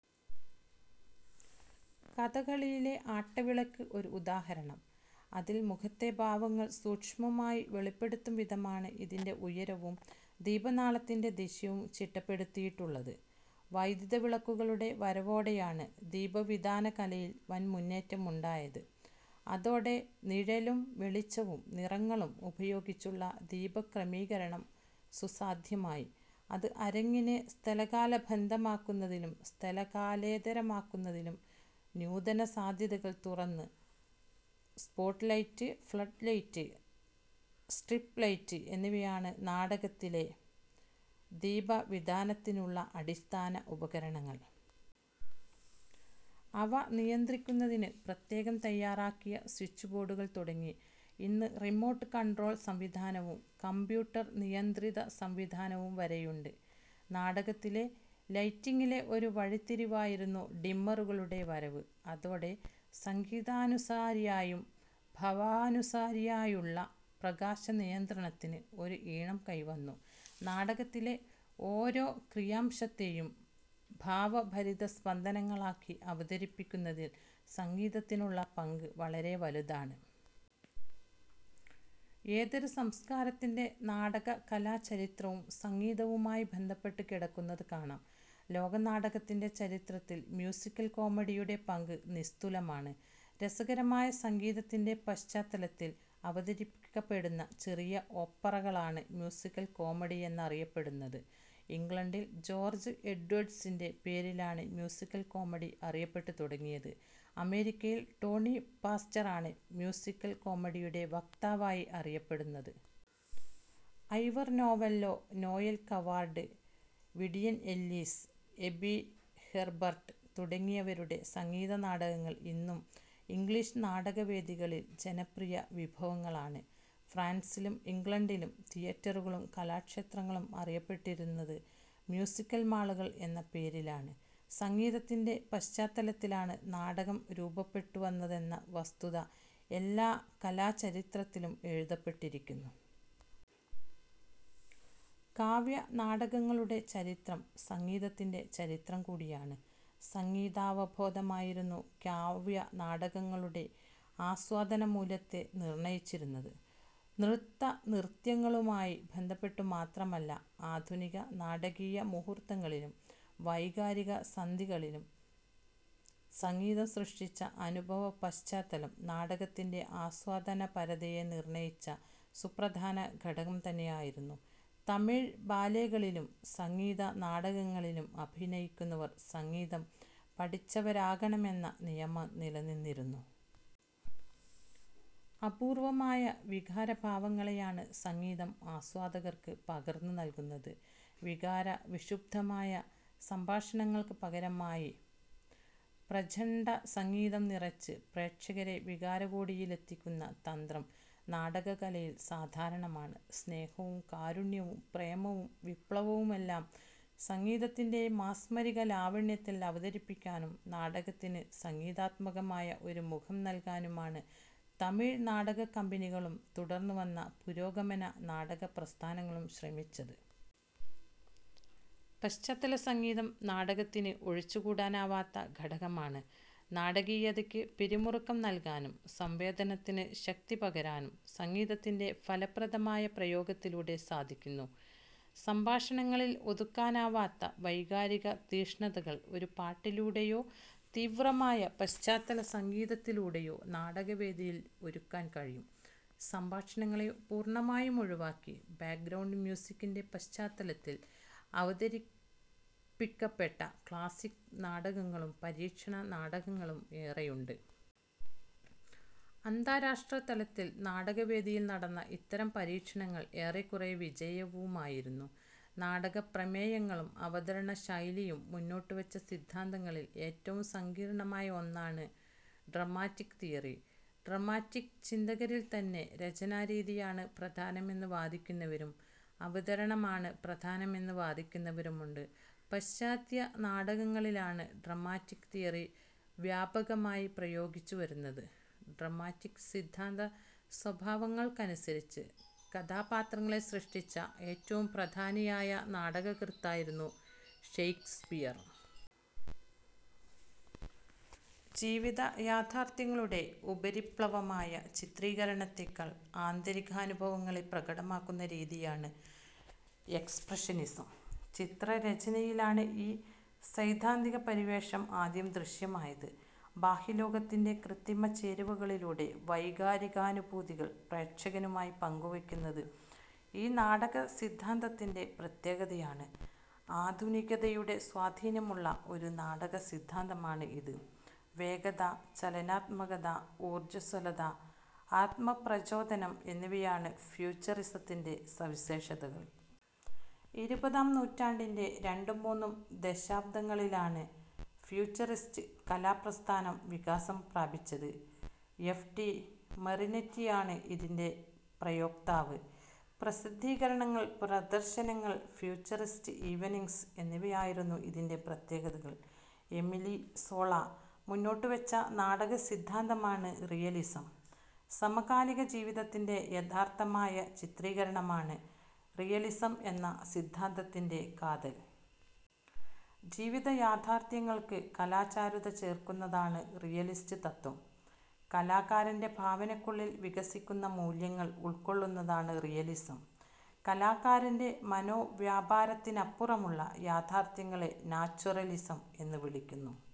കഥകളിയിലെ ആട്ടവിളക്ക് ഒരുദാഹരണം. അതിൽ മുഖത്തെ ഭാവങ്ങൾ സൂക്ഷ്മമായി വെളിപ്പെടുത്തുംവിധമാണ് ഇതിൻ്റെ ഉയരവും ദീപനാളത്തിൻ്റെ ദിശയും ചിട്ടപ്പെടുത്തിയിട്ടുള്ളത്. വൈദ്യുതവിളക്കുകളുടെ വരവോടെയാണ് ദീപവിതാനകലയിൽ വൻമുന്നേറ്റം ഉണ്ടായത്. അതോടെ നിഴലും വെളിച്ചവും നിറങ്ങളും ഉപയോഗിച്ചുള്ള ദീപക്രമീകരണം സുസാധ്യമായി. അത് അരങ്ങിനെ സ്ഥലകാലബദ്ധമാക്കുന്നതിലും സ്ഥലകാലേതരമാക്കുന്നതിലും ന്യൂതന സാധ്യതകൾ തുറന്നു. സ്പോട്ട്ലൈറ്റ്, ഫ്ലഡ്ലൈറ്റ്, സ്ട്രിപ്പ്ലൈറ്റ് എന്നിവയാണ് നാടകത്തിലെ ദീപവിതാനത്തിനുള്ള അടിസ്ഥാന ഉപകരണങ്ങൾ. അവ നിയന്ത്രിക്കുന്നതിന് പ്രത്യേകം തയ്യാറാക്കിയ സ്വിച്ച്ബോർഡുകൾ തുടങ്ങി, ഇന്ന് റിമോട്ട് കൺട്രോൾ സംവിധാനവും കംപ്യൂട്ടർ നിയന്ത്രിതസംവിധാനവും വരെയുണ്ട്. നാടകത്തിലെ ലൈറ്റിങ്ങിലെ ഒരു വഴിത്തിരിവായിരുന്നു ഡിമ്മറുകളുടെ വരവ്. അതോടെ സംഗീതാനുസാരിയായും ഭവാനുസാരിയായുമുള്ള പ്രകാശനിയന്ത്രണത്തിന് ഒരു ഈണം കൈവന്നു. നാടകത്തിലെ ഓരോ ക്രിയാംശത്തെയും ഭാവഭരിതസ്പന്ദനങ്ങളാക്കി അവതരിപ്പിക്കുന്നതിൽ സംഗീതത്തിനുള്ള പങ്ക് വളരെ വലുതാണ്. ഏതൊരു സംസ്കാരത്തിൻ്റെ നാടക കലാചരിത്രവും സംഗീതവുമായി ബന്ധപ്പെട്ടു കിടക്കുന്നതുകാണാം. ലോക നാടകത്തിൻ്റെ ചരിത്രത്തിൽ മ്യൂസിക്കൽ കോമഡിയുടെ പങ്ക് നിസ്തുലമാണ്. രസകരമായ സംഗീതത്തിൻ്റെ പശ്ചാത്തലത്തിൽ അവതരിപ്പിക്കപ്പെടുന്ന ചെറിയ പ്പറകളാണ് മ്യൂസിക്കൽ കോമഡി എന്നറിയപ്പെടുന്നത്. ഇംഗ്ലണ്ടിൽ ജോർജ് എഡ്വേഡ്സിൻ്റെ പേരിലാണ് മ്യൂസിക്കൽ കോമഡി അറിയപ്പെട്ടു തുടങ്ങിയത്. അമേരിക്കയിൽ ടോണി പാസ്റ്ററാണ് മ്യൂസിക്കൽ കോമഡിയുടെ വക്താവായി അറിയപ്പെടുന്നത്. Ivor Novello, Noel Coward, Vivian Ellis, A P Herbert തുടങ്ങിയവരുടെ സംഗീത നാടകങ്ങൾ ഇന്നും ഇംഗ്ലീഷ് നാടകവേദിയിൽ ജനപ്രിയ വിഭവങ്ങളാണ്. ഫ്രാൻസിലും ഇംഗ്ലണ്ടിലും തിയേറ്ററുകളും കലാക്ഷേത്രങ്ങളും അറിയപ്പെട്ടിരുന്നത് മ്യൂസിക്കൽ മാളുകൾ എന്ന പേരിലാണ്. സംഗീതത്തിൻ്റെ പശ്ചാത്തലത്തിലാണ് നാടകം രൂപപ്പെട്ടുവന്നതെന്ന വസ്തുത എല്ലാ കലാചരിത്രത്തിലും എഴുതപ്പെട്ടിരിക്കുന്നു. കാവ്യനാടകങ്ങളുടെ ചരിത്രം സംഗീതത്തിൻ്റെ ചരിത്രം കൂടിയാണ്. സംഗീതാവബോധമായിരുന്നു കാവ്യനാടകങ്ങളുടെ ആസ്വാദന മൂല്യത്തെ നിർണയിച്ചിരുന്നത്. നൃത്തനൃത്യങ്ങളുമായി ബന്ധപ്പെട്ടു മാത്രമല്ല, ആധുനിക നാടകീയ മുഹൂർത്തങ്ങളിലും വൈകാരിക സന്ധികളിലും സംഗീതം സൃഷ്ടിച്ച അനുഭവപശ്ചാത്തലം നാടകത്തിൻ്റെ ആസ്വാദനപരതയെ നിർണയിച്ച സുപ്രധാനഘടകം തന്നെയായിരുന്നു. തമിഴ് ബാലേകളിലും സംഗീത നാടകങ്ങളിലും അഭിനയിക്കുന്നവർ സംഗീതം പഠിച്ചവരാകണമെന്ന നിയമം നിലനിന്നിരുന്നു. അപൂർവമായ വികാരഭാവങ്ങളെയാണ് സംഗീതം ആസ്വാദകർക്ക് പകർന്നു നൽകുന്നത്. വികാരവിക്ഷുബ്ധമായ സംഭാഷണങ്ങൾക്ക് പകരമായി, പ്രചണ്ഡസംഗീതം നിറച്ച് പ്രേക്ഷകരെ വികാരകോടിയിലെത്തിക്കുന്ന തന്ത്രം നാടകകലയിൽ സാധാരണമാണ്. സ്നേഹവും കാരുണ്യവും പ്രേമവും വിപ്ലവവുമെല്ലാം സംഗീതത്തിൻ്റെ മാസ്മരിക ലാവണ്യത്തിൽ അവതരിപ്പിക്കാനും നാടകത്തിന് സംഗീതാത്മകമായ ഒരു മുഖം നൽകാനുമാണ് തമിഴ് നാടകക്കമ്പനികളും തുടർന്നുവന്ന പുരോഗമന നാടകപ്രസ്ഥാനങ്ങളും ശ്രമിച്ചത്. പശ്ചാത്തല സംഗീതം നാടകത്തിന് ഒഴിച്ചുകൂടാനാവാത്ത ഘടകമാണ്. നാടകീയതയ്ക്ക് പിരിമുറുക്കം നൽകാനും സംവേദനത്തിന് ശക്തി പകരാനും സംഗീതത്തിൻ്റെ ഫലപ്രദമായ പ്രയോഗത്തിലൂടെ സാധിക്കുന്നു. സംഭാഷണങ്ങളിൽ ഒതുക്കാനാവാത്ത വൈകാരിക തീക്ഷ്ണതകൾ ഒരു പാട്ടിലൂടെയോ തീവ്രമായ പശ്ചാത്തല സംഗീതത്തിലൂടെയോ നാടകവേദിയിൽ ഒരുക്കാൻ കഴിയും. സംഭാഷണങ്ങളെ പൂർണമായും ഒഴിവാക്കി, ബാക്ക്ഗ്രൗണ്ട് മ്യൂസിക്കിൻ്റെ പശ്ചാത്തലത്തിൽ അവതരിപ്പിക്കപ്പെട്ട ക്ലാസിക് നാടകങ്ങളും പരീക്ഷണ നാടകങ്ങളും ഏറെയുണ്ട്. അന്താരാഷ്ട്രതലത്തിൽ നാടകവേദിയിൽ നടന്ന ഇത്തരം പരീക്ഷണങ്ങൾ ഏറെക്കുറെ വിജയവുമായിരുന്നു. നാടകപ്രമേയങ്ങളും അവതരണശൈലിയും മുന്നോട്ടുവച്ച സിദ്ധാന്തങ്ങളിൽ ഏറ്റവും സങ്കീർണമായ ഒന്നാണ് ഡ്രമാറ്റിക് തിയറി. ഡ്രമാറ്റിക് ചിന്തകരിൽത്തന്നെ രചനാരീതിയാണ് പ്രധാനമെന്ന് വാദിക്കുന്നവരും അവതരണമാണ് പ്രധാനമെന്ന് വാദിക്കുന്നവരുമുണ്ട്. പാശ്ചാത്യ നാടകങ്ങളിലാണ് ഡ്രമാറ്റിക് തിയറി വ്യാപകമായി പ്രയോഗിച്ചുവരുന്നത്. ഡ്രമാറ്റിക് സിദ്ധാന്ത സ്വഭാവങ്ങൾക്കനുസരിച്ച് കഥാപാത്രങ്ങളെ സൃഷ്ടിച്ച ഏറ്റവും പ്രധാനിയായ നാടകകൃത്തായിരുന്നു ഷെയ്ക്സ്പിയർ. ജീവിത യാഥാർഥ്യങ്ങളുടെ ഉപരിപ്ലവമായ ചിത്രീകരണത്തെക്കാൾ ആന്തരികാനുഭവങ്ങളെ പ്രകടമാക്കുന്ന രീതിയാണ് എക്സ്പ്രഷനിസം. ചിത്രരചനയിലാണ് ഈ സൈദ്ധാന്തിക പരിവേഷം ആദ്യം ദൃശ്യമായത്. ബാഹ്യലോകത്തിൻ്റെ കൃത്രിമച്ചേരുവകളിലൂടെ വൈകാരികാനുഭൂതികൾ പ്രേക്ഷകനുമായി പങ്കുവയ്ക്കുന്നത് ഈ നാടകസിദ്ധാന്തത്തിൻ്റെ പ്രത്യേകതയാണ്. ആധുനികതയുടെ സ്വാധീനമുള്ള ഒരു നാടകസിദ്ധാന്തമാണ് ഇത്. വേഗത, ചലനാത്മകത, ഊർജസ്വലത, ആത്മപ്രചോദനം എന്നിവയാണ് ഫ്യൂച്ചറിസത്തിൻ്റെ സവിശേഷതകൾ. ഇരുപതാം നൂറ്റാണ്ടിൻ്റെ രണ്ടും മൂന്നും ദശാബ്ദങ്ങളിലാണ് ഫ്യൂച്ചറിസ്റ്റ് കലാപ്രസ്ഥാനം വികാസം പ്രാപിച്ചത്. എഫ് ടി മറിനെറ്റിയാണ് ഇതിൻ്റെ പ്രയോക്താവ്. പ്രസിദ്ധീകരണങ്ങൾ, പ്രദർശനങ്ങൾ, ഫ്യൂച്ചറിസ്റ്റ് ഈവനിങ്സ് എന്നിവയായിരുന്നു ഇതിൻ്റെ പ്രത്യേകതകൾ. എമിലി സോള മുന്നോട്ടുവച്ച നാടകസിദ്ധാന്തമാണ് റിയലിസം. സമകാലിക ജീവിതത്തിൻ്റെ യഥാതഥമായ ചിത്രീകരണമാണ് റിയലിസം എന്ന സിദ്ധാന്തത്തിൻ്റെ കാതൽ. ജീവിതയാഥാർഥ്യങ്ങൾക്ക് കലാചാരുത ചേർക്കുന്നതാണ് റിയലിസ്റ്റ് തത്ത്വം. കലാകാരൻ്റെ ഭാവനയ്ക്കുള്ളിൽ വികസിക്കുന്ന മൂല്യങ്ങൾ ഉൾക്കൊള്ളുന്നതാണ് റിയലിസം. കലാകാരൻ്റെ മനോവ്യാപാരത്തിനപ്പുറമുള്ള യാഥാർഥ്യങ്ങളെ നാച്വറലിസം എന്ന് വിളിക്കുന്നു.